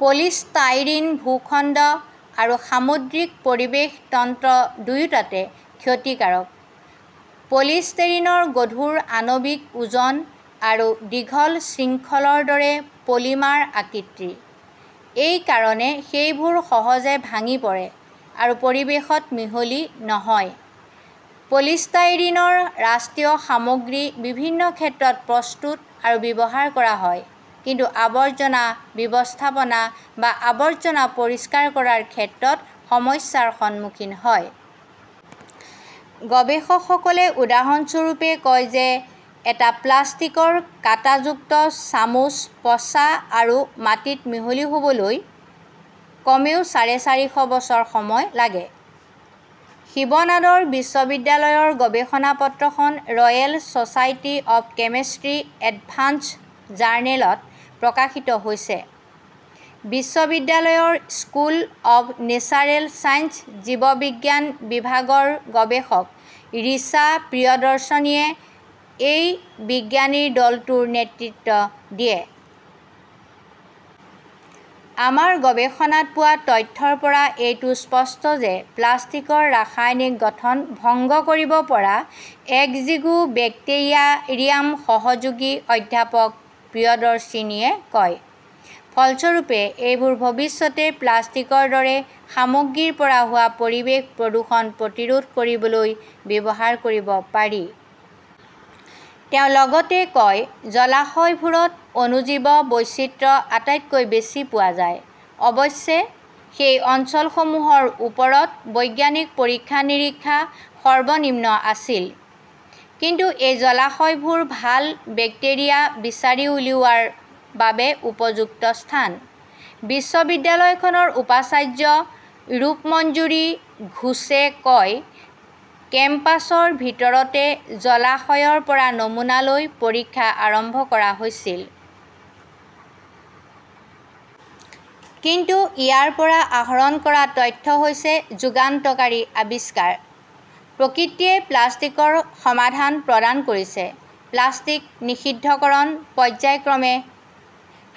Polystyrene ভূখণ্ড আৰু সামুদ্ৰিক পৰিৱেশ তন্ত্ৰ দুয়োটাতে ক্ষতিকাৰক। পলিষ্টেৰিনৰ গধুৰ আণৱিক ওজন আৰু দীঘল শৃংখলৰ দৰে পলিমাৰ আকৃতি। এই কাৰণে সেইবোৰ সহজে ভাঙি পৰে আৰু পৰিৱেশত মিহলি নহয়। পলিষ্টাইৰিনৰ ৰাষ্ট্ৰীয় সামগ্ৰী বিভিন্ন ক্ষেত্ৰত প্ৰস্তুত আৰু ব্যৱহাৰ কৰা হয়, কিন্তু আৱৰ্জনা ব্যৱস্থাপনা বা আৱৰ্জনা পৰিষ্কাৰ কৰাৰ ক্ষেত্ৰত সমস্যাৰ সন্মুখীন হয়। গৱেষকসকলে উদাহৰণস্বৰূপে কয় যে এটা প্লাষ্টিকৰ কাঁটাযুক্ত চামুচ পচা আৰু মাটিত মিহলি হ'বলৈ কমেও চাৰে চাৰিশ বছৰ সময় লাগে। শিৱ নাদৰ বিশ্ববিদ্যালয়ৰ গৱেষণা পত্ৰখন royal society of chemistry advances জাৰ্নেলত প্ৰকাশিত হৈছে। বিশ্ববিদ্যালয়ৰ স্কুল অৱ নেচাৰেল ছায়েন্সৰ জীৱবিজ্ঞান বিভাগৰ গৱেষক ৰিচা প্ৰিয়দৰ্শিনীয়ে এই বিজ্ঞানীৰ দলটোৰ নেতৃত্ব দিয়ে। আমাৰ গৱেষণাত পোৱা তথ্যৰ পৰা এইটো স্পষ্ট যে প্লাষ্টিকৰ ৰাসায়নিক গঠন ভংগ কৰিব পৰা এগজিগুবেক্টিয়াৰিয়াম, সহযোগী অধ্যাপক প্ৰিয়দৰ্শিনীয়ে কয়। ফলস্বৰূপে, এইবোৰ ভৱিষ্যতে প্লাষ্টিকৰ দৰে সামগ্ৰীৰ পৰা হোৱা পৰিৱেশ প্ৰদূষণ প্ৰতিৰোধ কৰিবলৈ ব্যৱহাৰ কৰিব পাৰি। তেওঁ লগতে কয়, জলাশয়বোৰত অণুজীৱ বৈচিত্ৰ্য আটাইতকৈ বেছি পোৱা যায়। অৱশ্যে সেই অঞ্চলসমূহৰ ওপৰত বৈজ্ঞানিক পৰীক্ষা-নিৰীক্ষা সৰ্বনিম্ন আছিল। কিন্তু এই জলাশয়বোৰ ভাল বেক্টেৰিয়া বিচাৰি উলিওৱাৰ বাবে উপযুক্ত স্থান। বিশ্ববিদ্যালয়খনৰ উপাচাৰ্য ৰূপমঞ্জৰী ঘোষে কয়, কেম্পাছৰ ভিতৰতে জলাশয়ৰ পৰা নমুনা লৈ পৰীক্ষা আৰম্ভ কৰা হৈছিল। কিন্তু ইয়াৰ পৰা আহৰণ কৰা তথ্য হৈছে যুগান্তকাৰী আৱিষ্কাৰ। প্ৰকৃতিয়ে প্লাষ্টিকৰ সমাধান প্ৰদান কৰিছে। প্লাষ্টিক নিষিদ্ধকৰণ পৰ্য্যায়ক্ৰমে,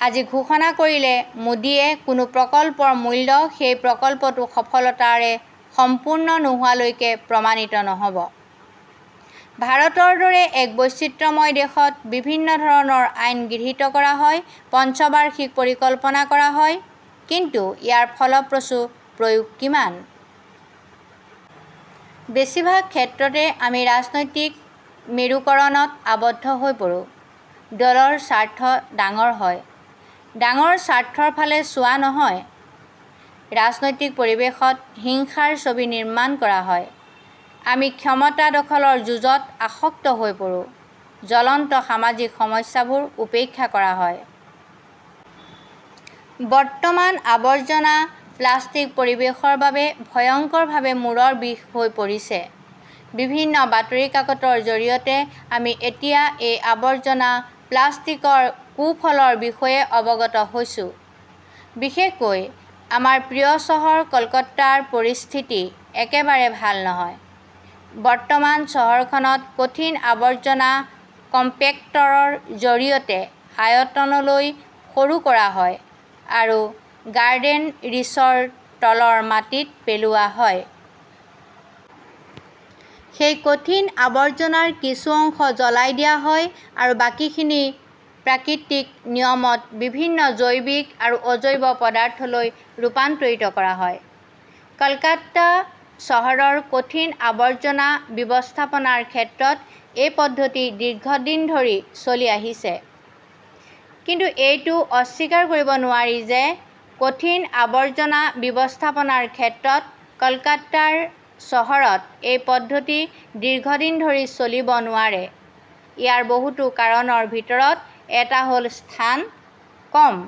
আজি ঘোষণা কৰিলে মোদীয়ে কোনো প্ৰকল্পৰ মূল্য সেই প্ৰকল্পটো সফলতাৰে সম্পূৰ্ণ নোহোৱালৈকে প্ৰমাণিত নহ'ব। ভাৰতৰ দৰে এক বৈচিত্ৰ্যময় দেশত বিভিন্ন ধৰণৰ আইন গৃহীত কৰা হয়, পঞ্চবাৰ্ষিক পৰিকল্পনা কৰা হয়, কিন্তু ইয়াৰ ফলপ্ৰসূ প্ৰয়োগ কিমান? বেছিভাগ ক্ষেত্ৰতে আমি ৰাজনৈতিক মেৰুকৰণত আবদ্ধ হৈ পৰোঁ। দলৰ স্বাৰ্থ ডাঙৰ হয়, ডাঙৰ স্বাৰ্থৰ ফালে চোৱা নহয়। ৰাজনৈতিক পৰিৱেশত হিংসাৰ ছবি নিৰ্মাণ কৰা হয়। আমি ক্ষমতা দখলৰ যুঁজত আসক্ত হৈ পৰোঁ। জ্বলন্ত সামাজিক সমস্যাবোৰ উপেক্ষা কৰা হয়। বৰ্তমান আৱৰ্জনা প্লাষ্টিক পৰিৱেশৰ বাবে ভয়ংকৰভাৱে মূৰৰ বিষ হৈ পৰিছে। বিভিন্ন বাতৰি কাকতৰ জৰিয়তে আমি এতিয়া এই আৱৰ্জনা প্লাষ্টিকৰ কুফলৰ বিষয়ে অৱগত হৈছো। বিশেষকৈ আমাৰ প্ৰিয় চহৰ কলকাতাৰ পৰিস্থিতি একেবাৰে ভাল নহয়। বৰ্তমান চহৰখনত কঠিন আৱৰ্জনা কম্পেক্টৰৰ জৰিয়তে আয়তনলৈ সৰু কৰা হয় আৰু গাৰ্ডেনৰিচৰ তলৰ মাটিত পেলোৱা হয়। সেই কঠিন আৱৰ্জনাৰ কিছু অংশ জ্বলাই দিয়া হয় আৰু বাকীখিনি প্ৰাকৃতিক নিয়মত বিভিন্ন জৈৱিক আৰু অজৈব পদাৰ্থলৈ ৰূপান্তৰিত কৰা হয়। কলকাতা চহৰৰ কঠিন আৱৰ্জনা ব্যৱস্থাপনাৰ ক্ষেত্ৰত এই পদ্ধতি দীৰ্ঘদিন ধৰি চলি আহিছে। কিন্তু এইটো অস্বীকাৰ কৰিব নোৱাৰি যে কঠিন আৱৰ্জনা ব্যৱস্থাপনাৰ ক্ষেত্ৰত কলকাতা চহৰত এই পদ্ধতি দীৰ্ঘদিন ধৰি চলিব নোৱাৰে। ইয়াৰ বহুতো কাৰণৰ ভিতৰত এটা হ ল স্থান কম।